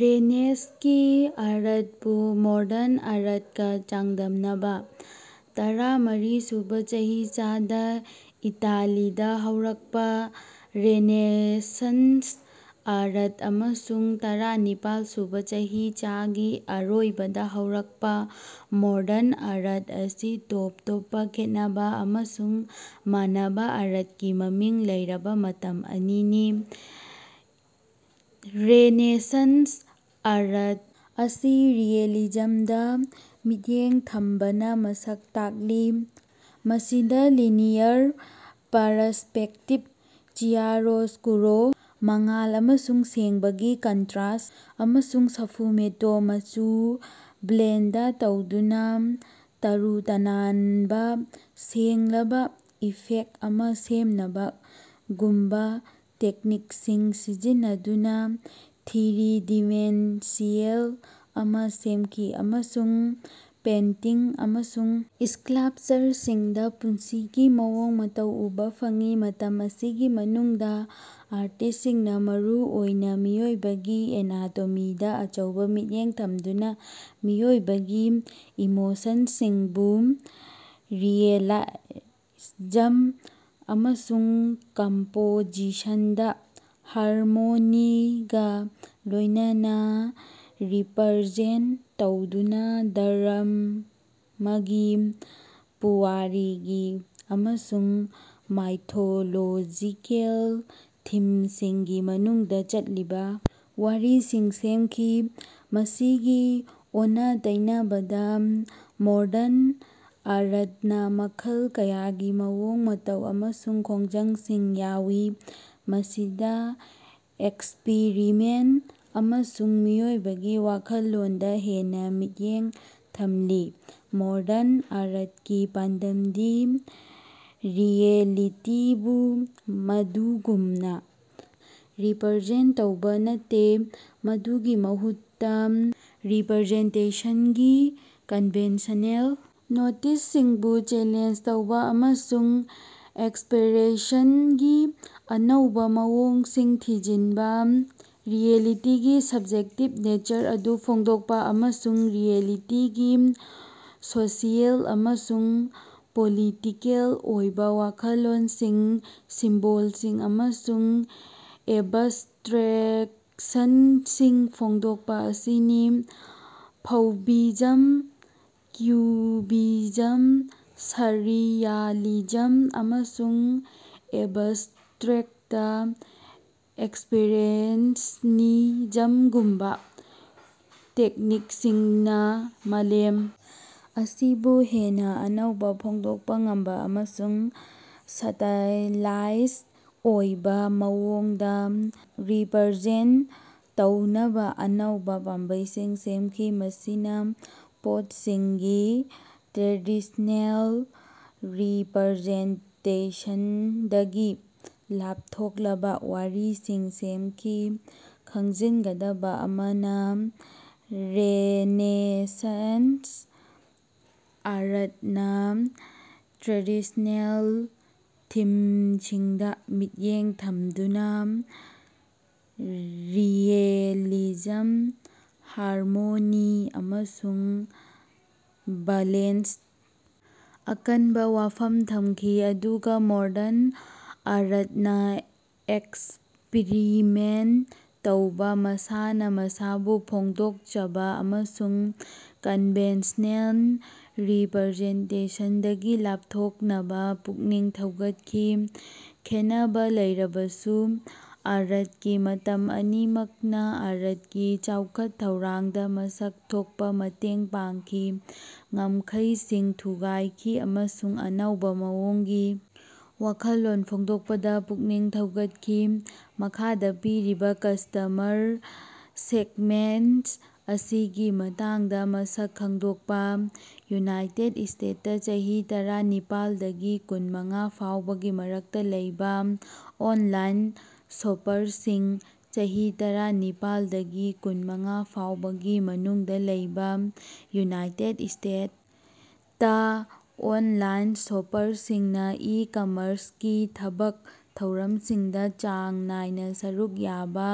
ꯔꯦꯅꯦꯁꯟꯁꯀꯤ ꯑꯥꯔꯠꯄꯨ modern ꯑꯥꯔꯠꯀ ꯆꯥꯡꯗꯝꯅꯕ꯫ ꯇꯔꯥꯃꯔꯤ ꯁꯨꯕ ꯆꯍꯤꯆꯥꯗ ꯏꯇꯥꯂꯤꯗ ꯍꯧꯔꯛꯄ ꯔꯦꯅꯦꯁꯟꯁ ꯑꯥꯔꯠ ꯑꯃꯁꯨꯡ ꯇꯔꯥꯅꯤꯄꯜ ꯁꯨꯕ ꯆꯍꯤꯆꯥꯒꯤ ꯑꯔꯣꯏꯕꯗ ꯍꯧꯔꯛꯄ ꯃꯣꯗꯔꯟ ꯑꯥꯔꯠ ꯑꯁꯤ ꯇꯣꯞ ꯇꯣꯞꯄ ꯈꯦꯠꯅꯕ ꯑꯃꯁꯨꯡ ꯃꯥꯟꯅꯕ ꯑꯥꯔꯠꯀꯤ ꯃꯃꯤꯡ ꯂꯩꯔꯕ ꯃꯇꯝ ꯑꯅꯤꯅꯤ꯫ ꯔꯦꯅꯦꯁꯟꯁ ꯑꯥꯔꯠ ꯑꯁꯤ ꯔꯤꯑꯦꯂꯤꯖꯝꯗ ꯃꯤꯠꯌꯦꯡ ꯊꯝꯕꯅ ꯃꯁꯛ ꯇꯥꯛꯂꯤ, ꯃꯁꯤꯗ ꯂꯤꯅꯤꯌꯔ ꯄꯔꯁꯄꯦꯛꯇꯤꯕ, ꯆꯤꯌꯥꯔꯣꯁꯀꯨꯔꯣ (ꯃꯉꯥꯜ ꯑꯃꯁꯨꯡ ꯁꯦꯡꯕꯒꯤ ꯀꯟꯇ꯭ꯔꯁ), ꯑꯃꯁꯨꯡ ꯁ꯭ꯐꯨꯃꯦꯇꯣ (ꯃꯆꯨ ꯕ꯭ꯂꯦꯟꯗ ꯇꯧꯗꯨꯅ ꯇꯔꯨ ꯇꯅꯥꯟꯕ, ꯁꯦꯡꯂꯕ ꯏꯐꯦꯛ ꯑꯃ ꯁꯦꯝꯅꯕ)ꯒꯨꯝꯕ ꯇꯦꯛꯅꯤꯛꯁꯤꯡ ꯁꯤꯖꯤꯟꯅꯗꯨꯅ ꯊ꯭ꯔꯤ-ꯗꯤꯃꯦꯟꯁꯤꯌꯦꯜ ꯑꯃ ꯁꯦꯝꯈꯤ꯫ ꯑꯃꯁꯨꯡ ꯄꯦꯟꯇꯤꯡ ꯑꯃꯁꯨꯡ ꯁ꯭ꯀꯥꯂꯞꯆꯔꯁꯤꯡꯗ ꯄꯨꯟꯁꯤꯒꯤ ꯃꯑꯣꯡ ꯃꯇꯧ ꯎꯕ ꯐꯪꯏ꯫ ꯃꯇꯝ ꯑꯁꯤꯒꯤ ꯃꯅꯨꯡꯗ ꯑꯥꯔꯇꯤꯁꯁꯤꯡꯅ ꯃꯔꯨ ꯑꯣꯏꯅ ꯃꯤꯑꯣꯏꯕꯒꯤ ꯑꯦꯅꯥꯇꯣꯃꯤꯗ ꯑꯆꯧꯕ ꯃꯤꯠꯌꯦꯡ ꯊꯝꯗꯨꯅ, ꯃꯤꯑꯣꯏꯕꯒꯤ ꯏꯃꯣꯁꯟꯁꯤꯡꯕꯨ ꯔꯤꯑꯦꯂꯤꯖꯝ ꯑꯃꯁꯨꯡ ꯀꯝꯄꯣꯖꯤꯁꯟꯗ ꯍꯥꯔꯃꯣꯅꯤꯒ ꯂꯣꯏꯅꯅ ꯔꯤꯄ꯭ꯔꯖꯦꯟꯠ ꯇꯧꯗꯨꯅ ꯙꯔꯝꯃꯒꯤ, ꯄꯨꯋꯥꯔꯤꯒꯤ ꯑꯃꯁꯨꯡ ꯃꯥꯏꯊꯣꯂꯣꯖꯤꯀꯦꯜ ꯊꯤꯝꯁꯤꯡꯒꯤ ꯃꯅꯨꯡꯗ ꯆꯠꯂꯤꯕ ꯋꯥꯔꯤꯁꯤꯡ ꯁꯦꯝꯈꯤ꯫ ꯃꯁꯤꯒꯤ ꯑꯣꯟꯅ-ꯇꯩꯅꯕꯗ, ꯃꯣꯗꯔꯟ ꯑꯥꯔꯠꯅ ꯃꯈꯜ ꯀꯌꯥꯒꯤ ꯃꯑꯣꯡ ꯃꯇꯧ ꯑꯃꯁꯨꯡ ꯈꯣꯡꯖꯪꯁꯤꯡ ꯌꯥꯎꯏ, ꯃꯁꯤꯗ ꯑꯦꯛꯁꯄꯔꯤꯃꯦꯟꯠ ꯑꯃꯁꯨꯡ ꯃꯤꯑꯣꯏꯕꯒꯤ ꯋꯥꯈꯜꯂꯣꯟꯗ ꯍꯦꯟꯅ ꯃꯤꯠꯌꯦꯡ ꯊꯝꯂꯤ꯫ ꯃꯣꯗꯔꯟ ꯑꯥꯔꯠꯀꯤ ꯄꯥꯟꯗꯝꯗꯤ ꯔꯤꯑꯦꯂꯤꯇꯤꯕꯨ ꯃꯗꯨꯒꯨꯝꯅ ꯔꯤꯄ꯭ꯔꯖꯦꯟꯠ ꯇꯧꯕ ꯅꯠꯇꯦ, ꯃꯗꯨꯒꯤ ꯃꯍꯨꯠꯇ ꯔꯤꯄ꯭ꯔꯖꯦꯟꯇꯦꯁꯟꯒꯤ ꯀꯟꯚꯦꯟꯁꯅꯦꯜ ꯅꯣꯇꯤꯁꯁꯤꯡꯕꯨ ꯆꯦꯂꯦꯟꯖ ꯇꯧꯕ ꯑꯃꯁꯨꯡ ꯑꯦꯛꯁꯄ꯭ꯔꯦꯁꯟꯒꯤ ꯑꯅꯧꯕ ꯃꯑꯣꯡꯁꯤꯡ ꯊꯤꯖꯤꯟꯕ, ꯔꯤꯑꯦꯂꯤꯇꯤꯒꯤ ꯁꯕ꯭ꯖꯦꯛꯇꯤꯕ ꯅꯦꯆꯔ ꯑꯗꯨ ꯐꯣꯡꯗꯣꯛꯄ, ꯑꯃꯁꯨꯡ ꯔꯤꯑꯦꯂꯤꯇꯤꯒꯤ ꯁꯣꯁꯤꯑꯦꯜ ꯑꯃꯁꯨꯡ ꯄꯣꯂꯤꯇꯤꯀꯦꯜ ꯑꯣꯏꯕ ꯋꯥꯈꯜꯂꯣꯟꯁꯤꯡ, ꯁꯤꯝꯕꯣꯜꯁꯤꯡ ꯑꯃꯁꯨꯡ ꯑꯦꯕꯁꯇ꯭ꯔꯦꯛꯁꯟꯁꯤꯡ ꯐꯣꯡꯗꯣꯛꯄ ꯑꯁꯤꯅꯤ꯫ ꯐꯧꯚꯤꯖꯝ, ꯀ꯭ꯌꯨꯕꯤꯖꯝ, ꯁꯔꯔꯤꯌꯥꯂꯤꯖꯝ ꯑꯃꯁꯨꯡ ꯑꯦꯕꯁꯇ꯭ꯔꯦꯛꯇ ꯑꯦꯛꯁꯄ꯭ꯔꯦꯁꯅꯤꯖꯝꯒꯨꯝꯕ ꯇꯦꯛꯅꯤꯛꯁꯤꯡꯅ ꯃꯥꯂꯦꯝ ꯑꯁꯤꯕꯨ ꯍꯦꯟꯅ ꯑꯅꯧꯕ, ꯐꯣꯡꯗꯣꯛꯄ ꯉꯝꯕ ꯑꯃꯁꯨꯡ ꯁ꯭ꯇꯥꯏꯂꯥꯏꯖ ꯑꯣꯏꯕ ꯃꯑꯣꯡꯗ ꯔꯤꯄ꯭ꯔꯖꯦꯟꯠ ꯇꯧꯅꯕ ꯑꯅꯧꯕ ꯄꯥꯝꯕꯩꯁꯤꯡ ꯁꯦꯝꯈꯤ, ꯃꯁꯤꯅ ꯄꯣꯠꯁꯤꯡꯒꯤ ꯇ꯭ꯔꯦꯗꯤꯁꯅꯦꯜ ꯔꯤꯄ꯭ꯔꯖꯦꯟꯇꯦꯁꯟꯗꯒꯤ ꯂꯥꯞꯊꯣꯛꯂꯕ ꯋꯥꯔꯤꯁꯤꯡ ꯁꯦꯝꯈꯤ꯫ ꯈꯪꯖꯤꯟꯒꯗꯕ ꯑꯃꯅ, ꯔꯦꯅꯦꯁꯟꯁ ꯑꯥꯔꯠꯅ ꯇ꯭ꯔꯦꯗꯤꯁꯅꯦꯜ ꯊꯤꯝꯁꯤꯡꯗ ꯃꯤꯠꯌꯦꯡ ꯊꯝꯗꯨꯅ ꯔꯤꯑꯦꯂꯤꯖꯝ, ꯍꯥꯔꯃꯣꯅꯤ ꯑꯃꯁꯨꯡ ꯕꯂꯦꯟꯁ ꯑꯀꯟꯕ ꯋꯥꯐꯝ ꯊꯝꯈꯤ, ꯑꯗꯨꯒ ꯃꯣꯗꯔꯟ ꯑꯥꯔꯠꯅ ꯑꯦꯛꯁꯄ꯭ꯔꯤꯃꯦꯟꯠ ꯇꯧꯕ, ꯃꯁꯥꯅ ꯃꯁꯥꯕꯨ ꯐꯣꯡꯗꯣꯛꯆꯕ ꯑꯃꯁꯨꯡ ꯀꯟꯚꯦꯟꯁꯅꯦꯜ ꯔꯤꯄ꯭ꯔꯖꯦꯟꯇꯦꯁꯟꯗꯒꯤ ꯂꯥꯞꯊꯣꯛꯅꯕ ꯄꯨꯛꯅꯤꯡ ꯊꯧꯒꯠꯈꯤ꯫ ꯈꯦꯟꯅꯕ ꯂꯩꯔꯕꯁꯨ ꯑꯥꯔꯠꯀꯤ ꯃꯇꯝ ꯑꯅꯤꯃꯛꯅ ꯑꯥꯔꯠꯀꯤ ꯆꯥꯎꯈꯠ-ꯊꯧꯔꯥꯡꯗ ꯃꯁꯛ ꯊꯣꯛꯄ ꯃꯇꯦꯡ ꯄꯥꯡꯈꯤ, ꯉꯝꯈꯩꯁꯤꯡ ꯊꯨꯒꯥꯏꯈꯤ ꯑꯃꯁꯨꯡ ꯑꯅꯧꯕ ꯃꯑꯣꯡꯒꯤ ꯋꯥꯈꯜꯂꯣꯟ ꯐꯣꯡꯗꯣꯛꯄꯗ ꯄꯨꯛꯅꯤꯡ ꯊꯧꯒꯠꯈꯤ꯫ ꯃꯈꯥꯗ ꯄꯤꯔꯤꯕ ꯀꯁꯇꯃꯔ ꯁꯦꯒꯃꯦꯟꯠ ꯑꯁꯤꯒꯤ ꯃꯇꯥꯡꯗ ꯃꯁꯛ ꯈꯪꯗꯣꯛꯄ꯫ ꯌꯨꯅꯥꯏꯇꯦꯗ ꯁ꯭ꯇꯦꯠ ꯇ ꯆꯍꯤ ꯇꯔꯥꯅꯤꯄꯥꯜ ꯗꯒꯤ ꯀꯨꯟꯃꯉꯥ ꯐꯥꯎꯕꯒꯤ ꯃꯔꯛꯇ ꯂꯩꯕ ꯑꯣꯟꯂꯥꯏꯟ ꯁꯣꯄꯔꯁꯤꯡ꯫ ꯆꯍꯤ ꯇꯔꯥꯅꯤꯄꯥꯜ ꯗꯒꯤ ꯀꯨꯟꯃꯉꯥ ꯐꯥꯎꯕꯒꯤ ꯃꯅꯨꯡꯗ ꯂꯩꯕ ꯌꯨꯅꯥꯏꯇꯦꯗ ꯁ꯭ꯇꯦꯠ ꯇ ꯑꯣꯟꯂꯥꯏꯟ ꯁꯣꯄꯔꯁꯤꯡꯅ ꯏ-ꯀꯝꯃꯔꯁꯀꯤ ꯊꯕꯛ ꯊꯧꯔꯝꯁꯤꯡꯗ ꯆꯥꯡ ꯅꯥꯏꯅ ꯁꯔꯨꯛ ꯌꯥꯕ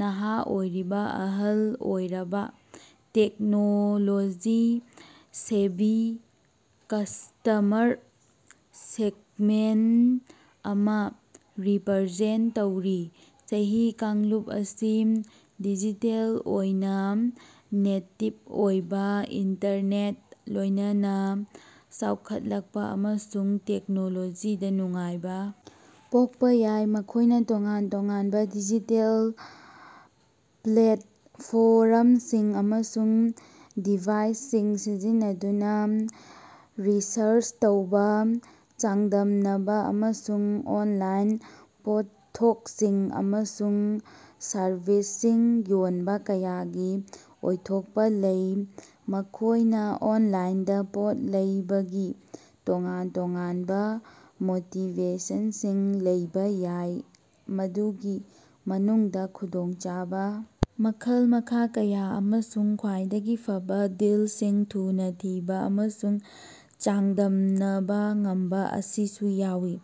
ꯅꯍꯥ ꯑꯣꯏꯔꯤꯕ ꯑꯍꯜ ꯑꯣꯏꯔꯕ, ꯇꯦꯛꯅꯣꯂꯣꯖꯤ-ꯁꯦꯚꯤ ꯀꯁꯇꯃꯔ ꯁꯦꯒꯃꯦꯟꯠ ꯑꯃ ꯔꯤꯄ꯭ꯔꯖꯦꯟꯠ ꯇꯧꯔꯤ꯫ ꯆꯍꯤ ꯀꯥꯡꯂꯨꯞ ꯑꯁꯤ ꯗꯤꯖꯤꯇꯦꯜ ꯑꯣꯏꯅ ꯅꯦꯇꯤꯕ ꯑꯣꯏꯕ, ꯏꯟꯇꯔꯅꯦꯠ ꯂꯣꯏꯅꯅ ꯆꯥꯎꯈꯠꯂꯛꯄ ꯑꯃꯁꯨꯡ ꯇꯦꯛꯅꯣꯂꯣꯖꯤꯗ ꯅꯨꯡꯉꯥꯏꯕ ꯄꯣꯛꯄ ꯌꯥꯏ꯫ ꯃꯈꯣꯏꯅ ꯇꯣꯉꯥꯟ ꯇꯣꯉꯥꯟꯕ ꯗꯤꯖꯤꯇꯦꯜ ꯄ꯭ꯂꯦꯠꯐꯣꯔꯝꯁꯤꯡ ꯑꯃꯁꯨꯡ ꯗꯤꯚꯥꯏꯁꯁꯤꯡ ꯁꯤꯖꯤꯟꯅꯗꯨꯅ ꯔꯤꯁꯔꯆ ꯇꯧꯕ, ꯆꯥꯡꯗꯝꯅꯕ ꯑꯃꯁꯨꯡ ꯑꯣꯟꯂꯥꯏꯟ ꯄꯣꯠꯊꯣꯛꯁꯤꯡ ꯑꯃꯁꯨꯡ ꯁꯔꯕꯤꯁꯁꯤꯡ ꯌꯣꯟꯕ ꯌꯥꯕꯒꯤ ꯑꯣꯏꯊꯣꯛꯄ ꯂꯩ꯫ ꯃꯈꯣꯏꯅ ꯑꯣꯟꯂꯥꯏꯟꯗ ꯄꯣꯠ ꯂꯩꯕꯒꯤ ꯇꯣꯉꯥꯟ-ꯇꯣꯉꯥꯟꯕ ꯃꯣꯇꯤꯚꯦꯁꯟꯁꯤꯡ ꯂꯩꯕ ꯌꯥꯏ, ꯃꯗꯨꯒꯤ ꯃꯅꯨꯡꯗ ꯈꯨꯗꯣꯡꯆꯥꯕ, ꯃꯈꯜ-ꯃꯈꯥ ꯀꯌꯥ, ꯑꯃꯁꯨꯡ ꯈ꯭ꯋꯥꯏꯗꯒꯤ ꯐꯕ ꯗꯤꯜꯁꯤꯡ ꯊꯨꯅ ꯊꯤꯕ ꯑꯃꯁꯨꯡ ꯆꯥꯡꯗꯝꯅꯕ ꯉꯝꯕ ꯑꯁꯤꯁꯨ ꯌꯥꯎꯏ꯫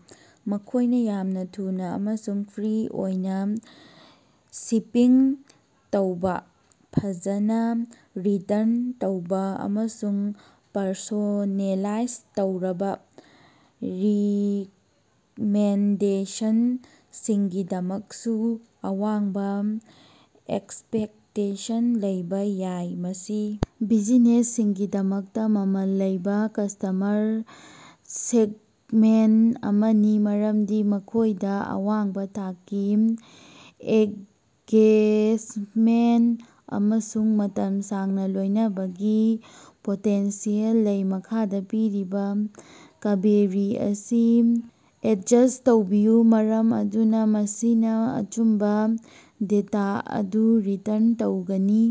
ꯃꯈꯣꯏꯅ ꯌꯥꯝꯅ ꯊꯨꯅ ꯑꯃꯁꯨꯡ ꯐ꯭ꯔꯤ ꯑꯣꯏꯅ ꯁꯤꯄꯤꯡ ꯇꯧꯕ, ꯐꯖꯅ ꯔꯤꯇꯔꯟ ꯇꯧꯕ, ꯑꯃꯁꯨꯡ ꯄꯔꯁꯣꯅꯦꯂꯥꯏꯖ ꯇꯧꯔꯕ ꯔꯤꯀꯃꯦꯟꯗꯦꯁꯟꯁꯤꯡꯒꯤꯗꯃꯛꯁꯨ ꯑꯋꯥꯡꯕ ꯑꯦꯛꯁꯄꯦꯛꯇꯦꯁꯟ ꯂꯩꯕ ꯌꯥꯏ꯫ ꯃꯁꯤ ꯕꯤꯖꯤꯅꯦꯁꯁꯤꯡꯒꯤꯗꯃꯛꯇ ꯃꯃꯜ ꯂꯩꯕ ꯀꯁꯇꯃꯔ ꯁꯦꯒꯃꯦꯟꯠ ꯑꯃꯅꯤ, ꯃꯔꯝꯗꯤ ꯃꯈꯣꯏꯗ ꯑꯋꯥꯡꯕ ꯊꯥꯛꯀꯤ ꯑꯦꯡꯒꯦꯖꯃꯦꯟꯠ ꯑꯃꯁꯨꯡ ꯃꯇꯝ ꯁꯥꯡꯅ ꯂꯣꯏꯅꯕꯒꯤ ꯄꯣꯇꯦꯟꯁꯤꯌꯦꯜ ꯂꯩ꯫ ꯃꯈꯥꯗ ꯄꯤꯔꯤꯕ ꯀꯕꯦꯔꯤ ꯑꯁꯤ ꯑꯦꯗꯖꯁ ꯇꯧꯕꯤꯌꯨ ꯃꯔꯝ ꯑꯗꯨꯅ ꯃꯁꯤꯅ ꯑꯆꯨꯝꯕ ꯗꯦꯇꯥ ꯑꯗꯨ ꯔꯤꯇꯔꯟ ꯇꯧꯒꯅꯤ꯫